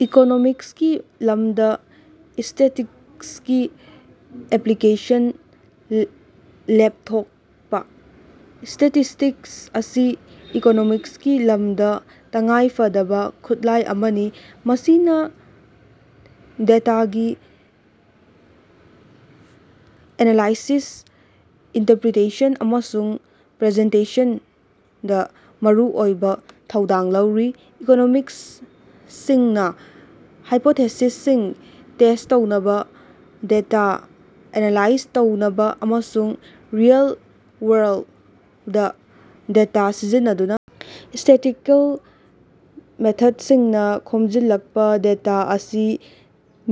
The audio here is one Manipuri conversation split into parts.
ꯏꯀꯣꯅꯣꯃꯤꯛꯁꯀꯤ ꯂꯝꯗ ꯁ꯭ꯇꯦꯇꯤꯁ꯭ꯇꯤꯛꯁꯀꯤ ꯑꯦꯄ꯭ꯂꯤꯀꯦꯁꯟ ꯂꯦꯞꯊꯣꯛꯄ꯫ ꯁ꯭ꯇꯦꯇꯤꯁ꯭ꯇꯤꯛꯁ ꯑꯁꯤ ꯏꯀꯣꯅꯣꯃꯤꯛꯁꯀꯤ ꯂꯝꯗ ꯇꯉꯥꯏ ꯐꯗꯕ ꯈꯨꯠꯂꯥꯏ ꯑꯃꯅꯤ, ꯃꯁꯤꯅ ꯗꯦꯇꯥꯒꯤ ꯑꯦꯅꯂꯥꯏꯁꯤꯁ, ꯏꯟꯇꯔꯄ꯭ꯔꯤꯇꯦꯁꯟ ꯑꯃꯁꯨꯡ ꯄ꯭ꯔꯖꯦꯟꯇꯦꯁꯟꯗ ꯃꯔꯨꯑꯣꯏꯕ ꯊꯧꯗꯥꯡ ꯂꯧꯔꯤ꯫ ꯏꯀꯣꯅꯣꯃꯤꯁꯁꯤꯡꯅ ꯍꯥꯏꯄꯣꯇꯦꯁꯤꯁꯁꯤꯡ ꯇꯦꯁ ꯇꯧꯅꯕ, ꯗꯦꯇꯥ ꯑꯦꯅꯥꯂꯥꯏꯖ ꯇꯧꯅꯕ ꯑꯃꯁꯨꯡ ꯔꯤꯑꯦꯜ-ꯋꯥꯔꯜꯗ ꯗꯦꯇꯥ ꯁꯤꯖꯤꯟꯅꯗꯨꯅ ꯁ꯭ꯇꯦꯇꯤꯁꯇꯤꯀꯦꯜ ꯃꯦꯊꯗꯁꯤꯡꯅ ꯈꯣꯝꯖꯤꯜꯂꯛꯄ ꯗꯦꯇꯥ ꯑꯁꯤ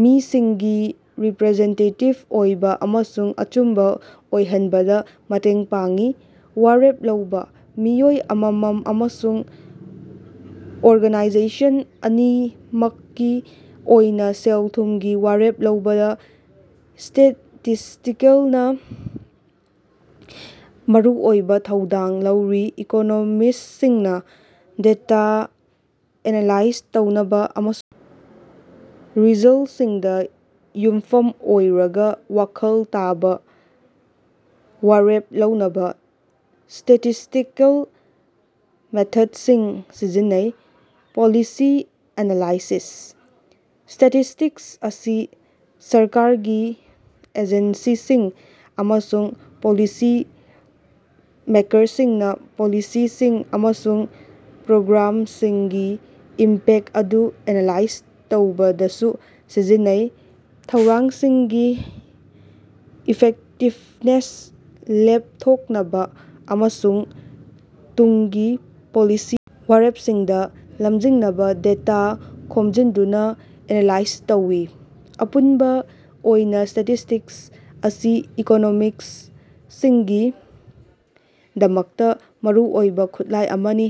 ꯃꯤꯁꯤꯡꯒꯤ ꯔꯤꯄꯔꯖꯦꯟꯇꯦꯇꯤꯕ ꯑꯣꯏꯕ ꯑꯃꯁꯨꯡ ꯑꯆꯨꯝꯕ ꯑꯣꯏꯍꯟꯕꯗ ꯃꯇꯦꯡ ꯄꯥꯡꯏ꯫ ꯋꯥꯔꯦꯞ ꯂꯧꯕ: ꯃꯤꯑꯣꯏ ꯑꯃꯃꯝ ꯑꯃꯁꯨꯡ ꯑꯣꯔꯒꯅꯥꯏꯖꯦꯁꯟ ꯑꯅꯤꯃꯛꯀꯤ ꯑꯣꯏꯅ ꯁꯦꯜ-ꯊꯨꯝꯒꯤ ꯋꯥꯔꯦꯞ ꯂꯧꯕꯗ ꯁ꯭ꯇꯦꯇꯤꯁꯇꯤꯀꯦꯜꯅ ꯃꯔꯨꯑꯣꯏꯕ ꯊꯧꯗꯥꯡ ꯂꯧꯔꯤ꯫ ꯏꯀꯣꯅꯣꯃꯤꯁꯁꯤꯡꯅ ꯗꯦꯇꯥ ꯑꯦꯅꯥꯂꯥꯏꯖ ꯇꯧꯅꯕ ꯑꯃꯁꯨꯡ ꯔꯤꯖꯜꯇꯁꯤꯡꯗ ꯌꯨꯝꯐꯝ ꯑꯣꯏꯔꯒ ꯋꯥꯈꯜ ꯇꯥꯕ ꯋꯥꯔꯦꯞ ꯂꯧꯅꯕ ꯁ꯭ꯇꯦꯇꯤꯁꯇꯤꯀꯦꯜ ꯃꯦꯊꯗꯁꯤꯡ ꯁꯤꯖꯤꯟꯅꯩ꯫ ꯄꯣꯂꯤꯁꯤ ꯑꯦꯅꯥꯂꯥꯏꯁꯤꯁ: ꯁ꯭ꯇꯦꯇꯤꯁꯇꯤꯛꯁ ꯑꯁꯤ ꯁꯔꯀꯥꯔꯒꯤ ꯑꯦꯖꯦꯟꯁꯤꯁꯤꯡ ꯑꯃꯁꯨꯡ ꯄꯣꯂꯤꯁꯤ ꯃꯦꯛꯔꯁꯤꯡꯅ ꯄꯣꯂꯤꯁꯤꯁꯤꯡ ꯑꯃꯁꯨꯡ ꯄ꯭ꯔꯣꯒ꯭ꯔꯥꯝꯁꯤꯡꯒꯤ ꯏꯝꯄꯦꯛ ꯑꯗꯨ ꯑꯦꯅꯥꯂꯥꯏꯖ ꯇꯧꯕꯗꯁꯨ ꯁꯤꯖꯤꯟꯅꯩ꯫ ꯊꯧꯔꯥꯡꯁꯤꯡꯒꯤ ꯏꯐꯦꯛꯇꯤꯕꯅꯦꯁ ꯂꯦꯞꯊꯣꯛꯅꯕ ꯑꯃꯁꯨꯡ ꯇꯨꯡꯒꯤ ꯄꯣꯂꯤꯁꯤꯒꯤ ꯋꯥꯔꯦꯞꯁꯤꯡꯗ ꯂꯝꯖꯤꯡꯅꯕ ꯗꯦꯇꯥ ꯈꯣꯝꯖꯤꯟꯗꯨꯅ ꯑꯦꯅꯥꯂꯥꯏꯖ ꯇꯧꯏ꯫ ꯑꯄꯨꯟꯕ ꯑꯣꯏꯅ ꯁ꯭ꯇꯦꯇꯤꯁꯇꯤꯛꯁ ꯑꯁꯤ ꯏꯀꯣꯅꯣꯃꯤꯁꯁꯤꯡꯒꯤꯗꯃꯛꯇ ꯃꯔꯨꯑꯣꯏꯕ ꯈꯨꯠꯂꯥꯏ ꯑꯃꯅꯤ,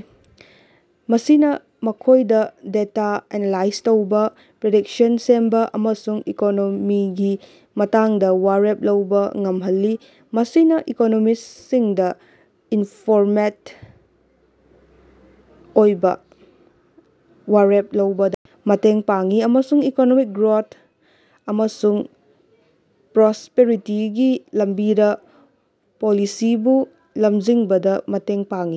ꯃꯁꯤꯅ ꯃꯈꯣꯏꯗ ꯗꯦꯇꯥ ꯑꯦꯅꯥꯂꯥꯏꯖ ꯇꯧꯕ, ꯄ꯭ꯔꯤꯗꯤꯛꯁꯟ ꯁꯦꯝꯕ ꯑꯃꯁꯨꯡ ꯏꯀꯣꯅꯣꯃꯤꯒꯤ ꯃꯇꯥꯡꯗ ꯋꯥꯔꯦꯞ ꯂꯧꯕ ꯉꯝꯍꯜꯂꯤ꯫ ꯃꯁꯤꯅ ꯏꯀꯣꯅꯣꯃꯤꯁꯁꯤꯡꯗ ꯏꯟꯐꯣꯔꯃꯦꯗ ꯑꯣꯏꯕ ꯋꯥꯔꯦꯞ ꯂꯧꯕꯗ ꯃꯇꯦꯡ ꯄꯥꯡꯏ ꯑꯃꯁꯨꯡ ꯏꯀꯣꯅꯣꯃꯤꯛ ꯒ꯭ꯔꯣꯊ ꯑꯃꯁꯨꯡ ꯄ꯭ꯔꯣꯁꯄꯦꯔꯤꯇꯤꯒꯤ ꯂꯝꯕꯤꯗ ꯄꯣꯂꯤꯁꯤꯕꯨ ꯂꯝꯖꯤꯡꯕꯗ ꯃꯇꯦꯡ ꯄꯥꯡꯏ꯫